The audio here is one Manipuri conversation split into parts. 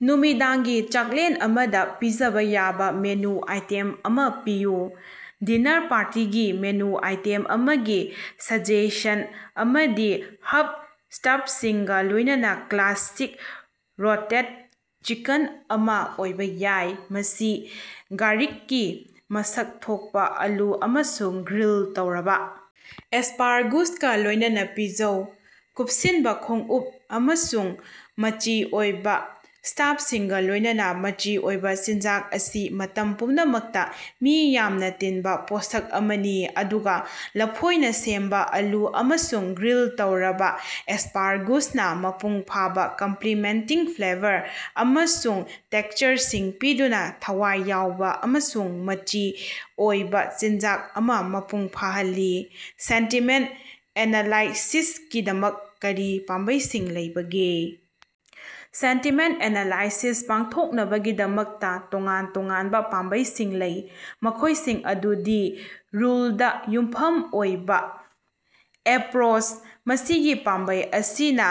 ꯅꯨꯃꯤꯗꯥꯡꯒꯤ ꯆꯥꯛꯂꯦꯟ ꯑꯃꯗ ꯄꯤꯖꯕ ꯌꯥꯕꯥ ꯃꯦꯅꯨ ꯑꯥꯏꯇꯦꯝ ꯑꯃ ꯄꯤꯌꯨ꯫ ꯗꯤꯅꯔ ꯄꯥꯔꯇꯤꯒꯤ ꯃꯦꯅꯨ ꯑꯥꯏꯇꯦꯝ ꯑꯃꯒꯤ ꯁꯖꯦꯁꯟ ꯑꯃꯗꯤ ꯍꯔꯕ ꯁ꯭ꯇꯐꯁꯤꯡꯒ ꯂꯣꯏꯅꯅ ꯀ꯭ꯂꯥꯁꯤꯛ ꯔꯣꯇꯦꯗ ꯆꯤꯀꯟ ꯑꯃ ꯑꯣꯏꯕ ꯌꯥꯏ, ꯃꯁꯤ ꯒꯥꯔꯤꯛꯀꯤ ꯃꯁꯛ ꯊꯣꯛꯄ ꯑꯥꯂꯨ ꯑꯃꯁꯨꯡ ꯒ꯭ꯔꯤꯜ ꯇꯧꯔꯕ ꯑꯦꯁꯄꯔꯥꯒꯨꯁꯀ ꯂꯣꯏꯅꯅ ꯄꯤꯖꯧ꯫ ꯀꯨꯞꯁꯤꯟꯕ ꯈꯣꯡꯎꯞ ꯑꯃꯁꯨꯡ ꯃꯆꯤ ꯑꯣꯏꯕ ꯁ꯭ꯇꯥꯐꯁꯤꯡꯒ ꯂꯣꯏꯅꯅ ꯃꯆꯤ ꯑꯣꯏꯕ ꯆꯤꯟꯖꯥꯛ ꯑꯁꯤ ꯃꯇꯝ ꯄꯨꯝꯅꯃꯛꯇ ꯃꯤ ꯌꯥꯝꯅ ꯇꯤꯟꯕ ꯄꯣꯠꯁꯛ ꯑꯃꯅꯤ ꯑꯗꯨꯒ ꯂꯐꯣꯏꯅ ꯁꯦꯝꯕ ꯑꯥꯂꯨ ꯑꯃꯁꯨꯡ ꯒ꯭ꯔꯤꯜ ꯇꯧꯔꯕ ꯑꯦꯁꯄꯔꯥꯒꯨꯁꯅ ꯃꯄꯨꯡ ꯐꯥꯕ ꯀꯝꯄ꯭ꯂꯤꯃꯦꯟꯇꯤꯡ ꯐ꯭ꯂꯦꯕꯔ ꯑꯃꯁꯨꯡ ꯇꯦꯛꯁꯆꯔꯁꯤꯡ ꯄꯤꯗꯨꯅ ꯊꯋꯥꯏ ꯌꯥꯎꯕ ꯑꯃꯁꯨꯡ ꯃꯆꯤ ꯑꯣꯏꯕ ꯆꯤꯟꯖꯥꯛ ꯑꯃ ꯃꯄꯨꯡ ꯐꯥꯍꯜꯂꯤ꯫ ꯁꯦꯟꯇꯤꯃꯦꯟꯠ ꯑꯦꯅꯥꯂꯥꯏꯁꯤꯁꯀꯤꯗꯃꯛ ꯀꯔꯤ ꯄꯥꯝꯕꯩꯁꯤꯡ ꯂꯩꯕꯒꯦ? ꯁꯦꯟꯇꯤꯃꯦꯟꯠ ꯑꯦꯅꯥꯂꯥꯏꯁꯤꯁ ꯄꯥꯡꯊꯣꯛꯅꯕꯒꯤꯗꯃꯛꯇ ꯇꯣꯉꯥꯟ ꯇꯣꯉꯥꯟꯕ ꯄꯥꯝꯕꯩꯁꯤꯡ ꯂꯩ, ꯃꯈꯣꯏꯁꯤꯡ ꯑꯗꯨꯗꯤ- ꯔꯨꯜꯗ ꯌꯨꯝꯐꯝ ꯑꯣꯏꯕ ꯑꯦꯄ꯭ꯔꯣꯆ: ꯃꯁꯤꯒꯤ ꯄꯥꯝꯕꯩ ꯑꯁꯤꯅ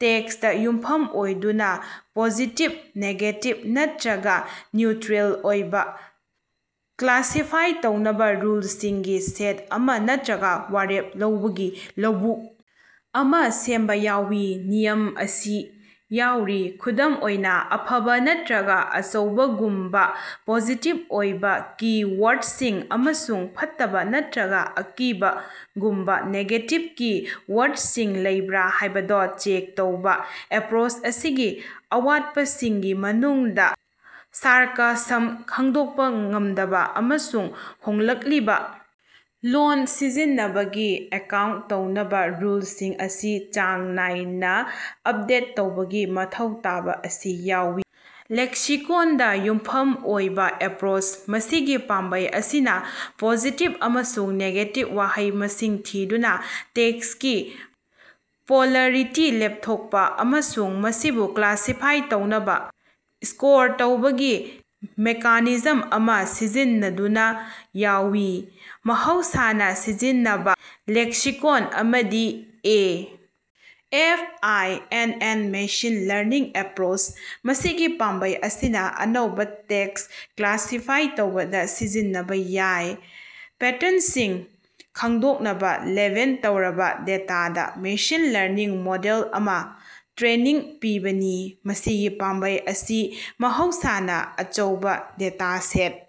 ꯇꯦꯛꯁꯇ ꯌꯨꯝꯐꯝ ꯑꯣꯏꯗꯨꯅ ꯄꯣꯖꯤꯇꯤꯕ, ꯅꯦꯒꯦꯇꯤꯕ ꯅꯠꯇ꯭ꯔꯒ ꯅ꯭ꯌꯨꯇ꯭ꯔꯤꯜ ꯑꯣꯏꯕ ꯀ꯭ꯂꯥꯁꯤꯐꯥꯏ ꯇꯧꯅꯕ ꯔꯨꯜꯁꯤꯡꯒꯤ ꯁꯦꯠ ꯑꯃ ꯅꯠꯇ꯭ꯔꯒ ꯋꯥꯔꯦꯞ ꯂꯧꯕꯒꯤ ꯂꯧꯕꯨꯛ ꯑꯃ ꯁꯦꯝꯕ ꯌꯥꯎꯏ꯫ ꯅꯤꯌꯝ ꯑꯁꯤ ꯌꯥꯎꯔꯤ꯫ ꯈꯨꯗꯝ ꯑꯣꯏꯅ, "ꯑꯐꯕ" ꯅꯠꯇ꯭ꯔꯒ "ꯑꯆꯧꯕ"ꯒꯨꯝꯕ ꯄꯣꯖꯤꯇꯤꯕ ꯑꯣꯏꯕ ꯀꯤ-ꯋꯥꯔꯗꯁꯤꯡ ꯑꯃꯁꯨꯡ "ꯐꯠꯇꯕ" ꯅꯠꯇ꯭ꯔꯒ "ꯑꯀꯤꯕ"ꯒꯨꯝꯕ ꯅꯦꯒꯦꯇꯤꯕ ꯀꯤ-ꯋꯥꯔꯗꯁꯤꯡ ꯂꯩꯕ꯭ꯔ ꯍꯥꯏꯕꯗ‌ꯣ ꯆꯦꯛ ꯇꯧꯕ꯫ ꯑꯦꯄ꯭ꯔꯣꯆ ꯑꯁꯤꯒꯤ ꯑꯋꯥꯠꯄꯁꯤꯡꯒꯤ ꯃꯅꯨꯡꯗ ꯁꯥꯔꯀꯥꯁꯝ ꯈꯪꯗꯣꯛꯄ ꯉꯝꯗꯕ, ꯑꯃꯁꯨꯡ ꯍꯣꯡꯂꯛꯂꯤꯕ ꯂꯣꯟ ꯁꯤꯖꯤꯟꯅꯕꯒꯤ ꯑꯦꯀꯥꯎꯟꯠ ꯇꯧꯅꯕ ꯔꯨꯜꯁꯤꯡ ꯑꯁꯤ ꯆꯥꯡ ꯅꯥꯏꯅ ꯑꯞꯗꯦꯠ ꯇꯧꯕꯒꯤ ꯃꯊꯧ ꯇꯥꯕ ꯑꯁꯤ ꯌꯥꯎꯏ꯫ ꯂꯦꯛꯁꯤꯀꯣꯟꯗ ꯌꯨꯝꯐꯝ ꯑꯣꯏꯕ ꯑꯦꯄ꯭ꯔꯣꯆ: ꯃꯁꯤꯒꯤ ꯄꯥꯝꯕꯩ ꯑꯁꯤꯅ ꯄꯣꯖꯤꯇꯤꯕ ꯑꯃꯁꯨꯡ ꯅꯦꯒꯦꯇꯤꯕ ꯋꯥꯍꯩ ꯃꯁꯤꯡ ꯊꯤꯗꯨꯅ ꯇꯦꯛꯁꯀꯤ ꯄꯣꯂꯔꯤꯇꯤ ꯂꯦꯞꯊꯣꯛꯄ ꯑꯃꯁꯨꯡ ꯃꯁꯤꯕꯨ ꯀ꯭ꯂꯥꯁꯤꯐꯥꯏ ꯇꯧꯅꯕ ꯁ꯭ꯀꯣꯔ ꯇꯧꯕꯒꯤ ꯃꯦꯀꯥꯅꯤꯖꯝ ꯑꯃ ꯁꯤꯖꯤꯟꯅꯗꯨꯅ ꯌꯥꯎꯏ꯫ ꯃꯍꯧꯁꯥꯅ ꯁꯤꯖꯤꯟꯅꯕ ꯂꯦꯛꯁꯤꯀꯣꯟ ꯑꯃꯗꯤ A. F. I. N. N. Machine learning approach: ꯃꯁꯤꯒꯤ ꯄꯥꯝꯕꯩ ꯑꯁꯤꯅ ꯑꯅꯧꯕ ꯇꯦꯛꯁ ꯀ꯭ꯂꯥꯁꯤꯐꯥꯏ ꯇꯧꯕꯗ ꯁꯤꯖꯤꯟꯅꯕ ꯌꯥꯕ ꯄꯦꯇꯔꯟꯁꯤꯡ ꯈꯪꯗꯣꯛꯅꯕ ꯂꯦꯕꯦꯟ ꯇꯧꯔꯕ ꯗꯦꯇꯥꯗ ꯃꯦꯁꯤꯟ ꯂꯔꯅꯤꯡ ꯃꯣꯗꯦꯜ ꯑꯃ ꯇ꯭ꯔꯦꯅꯤꯡ ꯄꯤꯕꯅꯤ꯫ ꯃꯁꯤꯒꯤ ꯄꯥꯝꯕꯩ ꯑꯁꯤ ꯃꯍꯧꯁꯥꯅ ꯑꯆꯧꯕ ꯗꯦꯇꯥꯁꯦꯠ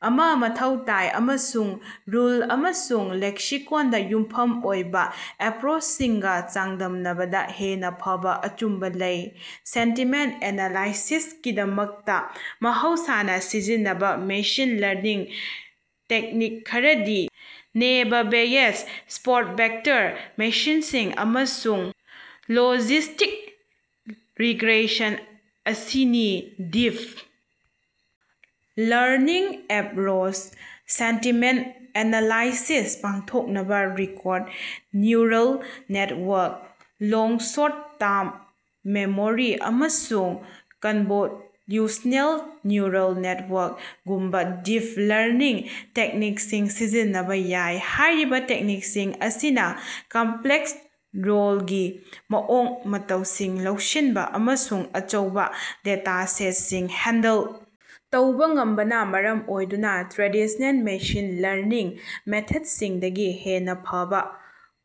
ꯑꯃ ꯃꯊꯧ ꯇꯥꯏ ꯑꯃꯁꯨꯡ ꯔꯨꯜ ꯑꯃꯁꯨꯡ ꯂꯦꯛꯁꯤꯀꯣꯟꯗ ꯌꯨꯝꯐꯝ ꯑꯣꯏꯕ ꯑꯦꯄ꯭ꯔꯣꯆꯁꯤꯡꯒ ꯆꯥꯡꯗꯝꯅꯕꯗ ꯍꯦꯟꯅ ꯐꯕ ꯑꯆꯨꯝꯕ ꯂꯩ꯫ ꯁꯦꯟꯇꯤꯃꯦꯟꯠ ꯑꯦꯅꯥꯂꯥꯏꯁꯤꯁꯀꯤꯗꯃꯛꯇ ꯃꯍꯧꯁꯥꯅ ꯁꯤꯖꯤꯟꯅꯕ ꯃꯦꯁꯤꯟ ꯂꯔꯅꯤꯡ ꯇꯦꯛꯅꯤꯛ ꯈꯔꯗꯤ ꯅꯦꯕ ꯕꯦꯌꯦꯁ, ꯁ꯭ꯄꯣꯔꯠ ꯚꯦꯛꯇꯔ ꯃꯦꯁꯤꯟꯁꯤꯡ, ꯑꯃꯁꯨꯡ ꯂꯣꯖꯤꯁꯇꯤꯛ ꯔꯤꯒ꯭ꯔꯦꯁꯟ ꯑꯁꯤꯅꯤ꯫ Deep learning approach: sentiment analysis ꯄꯥꯡꯊꯣꯛꯅꯕ recurrent neural network, long short term memory ꯑꯃꯁꯨꯡ ꯀꯟꯚꯣꯂꯨꯁꯅꯦꯜ ꯅ꯭ꯌꯨꯔꯜ ꯅꯦꯠꯋꯥꯔꯛ ꯒꯨꯝꯕ ꯗꯤꯞ ꯂꯔꯅꯤꯡ ꯇꯦꯛꯅꯤꯛꯁꯤꯡ ꯁꯤꯖꯤꯟꯅꯕ ꯌꯥꯏ꯫ ꯍꯥꯏꯔꯤꯕ ꯇꯦꯛꯅꯤꯛꯁꯤꯡ ꯑꯁꯤꯅ ꯀꯝꯄ꯭ꯂꯦꯛꯁ ꯂꯣꯜꯒꯤ ꯃꯑꯣꯡ ꯃꯇꯧꯁꯤꯡ ꯂꯧꯁꯤꯟꯕ ꯑꯃꯁꯨꯡ ꯑꯆꯧꯕ ꯗꯦꯇꯥꯁꯦꯠꯁꯤꯡ ꯍꯦꯟꯗꯜ ꯇꯧꯕ ꯉꯝꯕꯅ ꯃꯔꯝ ꯑꯣꯏꯗꯨꯅ ꯇ꯭ꯔꯦꯗꯤꯁꯅꯦꯜ ꯃꯦꯁꯤꯟ ꯂꯔꯅꯤꯡ ꯃꯦꯊꯗꯁꯤꯡꯗꯒꯤ ꯍꯦꯟꯅ ꯐꯕ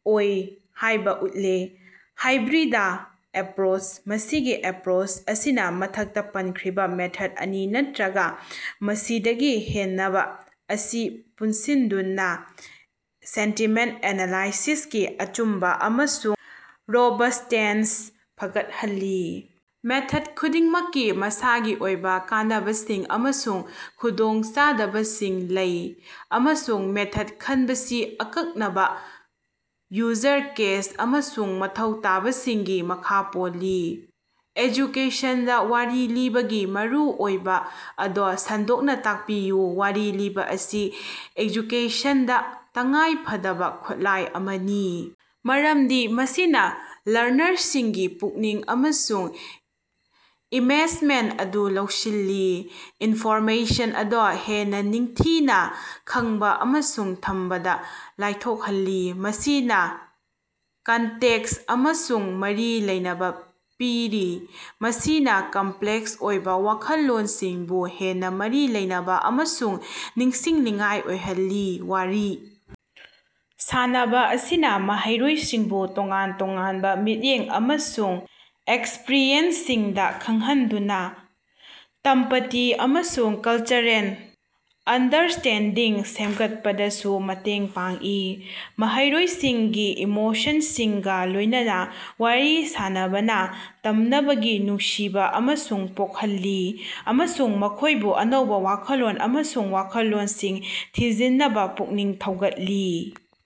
ꯑꯣꯏ ꯍꯥꯏꯕ ꯎꯠꯂꯦ꯫ ꯍꯥꯏꯕ꯭ꯔꯤꯗ ꯑꯦꯄ꯭ꯔꯣꯆ: ꯃꯁꯤꯒꯤ ꯑꯦꯄ꯭ꯔꯣꯆ ꯑꯁꯤꯅ ꯃꯊꯛꯇ ꯄꯟꯈ꯭ꯔꯤꯕ ꯃꯦꯊꯗ ꯑꯅꯤ ꯅꯠꯇ꯭ꯔꯒ ꯃꯁꯤꯗꯒꯤ ꯍꯦꯟꯅꯕ ꯑꯁꯤ ꯄꯨꯟꯁꯤꯟꯗꯨꯅ ꯁꯦꯟꯇꯤꯃꯦꯟꯠ ꯑꯦꯅꯥꯂꯥꯏꯁꯤꯁꯀꯤ ꯑꯆꯨꯝꯕ ꯑꯃꯁꯨꯡ ꯔꯣꯕꯁꯇꯦꯟꯁ ꯐꯒꯠꯍꯜꯂꯤ꯫ ꯃꯦꯊꯗ ꯈꯨꯗꯤꯡꯃꯛꯀꯤ ꯃꯁꯥꯒꯤ ꯑꯣꯏꯕ ꯀꯥꯟꯅꯕꯁꯤꯡ ꯑꯃꯁꯨꯡ ꯈꯨꯗꯣꯡꯆꯥꯗꯕꯁꯤꯡ ꯂꯩ, ꯑꯃꯁꯨꯡ ꯃꯦꯊꯗ ꯈꯟꯕꯁꯤ ꯑꯀꯛꯅꯕ ꯌꯨꯖꯔ ꯀꯦꯁ ꯑꯃꯁꯨꯡ ꯃꯊꯧ ꯇꯥꯕꯁꯤꯡꯒꯤ ꯃꯈꯥ ꯄꯣꯜꯂꯤ꯫ ꯑꯦꯖꯨꯀꯦꯁꯟꯗ ꯋꯥꯔꯤ ꯂꯤꯕꯒꯤ ꯃꯔꯨꯑꯣꯏꯕ ꯑꯗ‌ꯣ ꯁꯟꯗꯣꯛꯅ ꯇꯥꯛꯄꯤꯌꯨ꯫ ꯋꯥꯔꯤ ꯂꯤꯕ ꯑꯁꯤ ꯑꯦꯖꯨꯀꯦꯁꯟꯗ ꯇꯉꯥꯏꯐꯗꯕ ꯈꯨꯠꯂꯥꯏ ꯑꯃꯅꯤ ꯃꯔꯝꯗꯤ ꯃꯁꯤꯅ ꯂꯔꯅꯔꯁꯤꯡꯒꯤ ꯄꯨꯛꯅꯤꯡ ꯑꯃꯁꯨꯡ ꯏꯃꯦꯖꯃꯦꯟꯠ ꯑꯗꯨ ꯂꯧꯁꯤꯜꯂꯤ, ꯏꯟꯐꯣꯔꯃꯦꯁꯟ ꯑꯗꯨ ꯍꯦꯟꯅ ꯅꯤꯡꯊꯤꯅ ꯈꯪꯕ ꯑꯃꯁꯨꯡ ꯊꯝꯕꯗ ꯂꯥꯏꯊꯣꯛꯍꯜꯂꯤ꯫ ꯃꯁꯤꯅ ꯀꯟꯇꯦꯛꯁ ꯑꯃꯁꯨꯡ ꯃꯔꯤ ꯂꯩꯅꯕ ꯄꯤꯔꯤ, ꯃꯁꯤꯅ ꯀꯝꯄ꯭ꯂꯦꯛꯁ ꯑꯣꯏꯕ ꯋꯥꯈꯜꯂꯣꯟꯁꯤꯡꯕꯨ ꯍꯦꯟꯅ ꯃꯔꯤ ꯂꯩꯅꯕ ꯑꯃꯁꯨꯡ ꯅꯤꯡꯁꯤꯡꯅꯤꯡꯉꯥꯏ ꯑꯣꯏꯍꯜꯂꯤ꯫ ꯋꯥꯔꯤ ꯁꯥꯅꯕ ꯑꯁꯤꯅ ꯃꯍꯩꯔꯣꯏꯁꯤꯡꯕꯨ ꯇꯣꯉꯥꯟ ꯇꯣꯉꯥꯟꯕ ꯃꯤꯠꯌꯦꯡ ꯑꯃꯁꯨꯡ ꯑꯦꯛꯁꯄꯔꯤꯌꯦꯟꯁꯁꯤꯡꯗ ꯈꯪꯍꯟꯗꯨꯅ ꯇꯝꯄꯇꯤ ꯑꯃꯁꯨꯡ ꯀꯜꯆꯔꯦꯟ ꯑꯟꯗꯔꯁꯇꯦꯟꯗꯤꯡ ꯁꯦꯝꯒꯠꯄꯗꯁꯨ ꯃꯇꯦꯡ ꯄꯥꯡꯏ꯫ ꯃꯍꯩꯔꯣꯏꯁꯤꯡꯒꯤ ꯏꯃꯣꯁꯟꯁꯤꯡꯒ ꯂꯣꯏꯅꯅ ꯋꯥꯔꯤ ꯁꯥꯅꯕꯅ ꯇꯝꯅꯕꯒꯤ ꯅꯨꯡꯁꯤꯕ ꯑꯃ ꯄꯣꯛꯍꯜꯂꯤ ꯑꯃꯁꯨꯡ ꯃꯈꯣꯏꯕꯨ ꯑꯅꯧꯕ ꯋꯥꯈꯜꯂꯣꯟ ꯑꯃꯁꯨꯡ ꯋꯥꯈꯜꯂꯣꯟꯁꯤꯡ ꯊꯤꯖꯤꯟꯅꯕ ꯄꯨꯛꯅꯤꯡ ꯊꯧꯒꯠꯂꯤ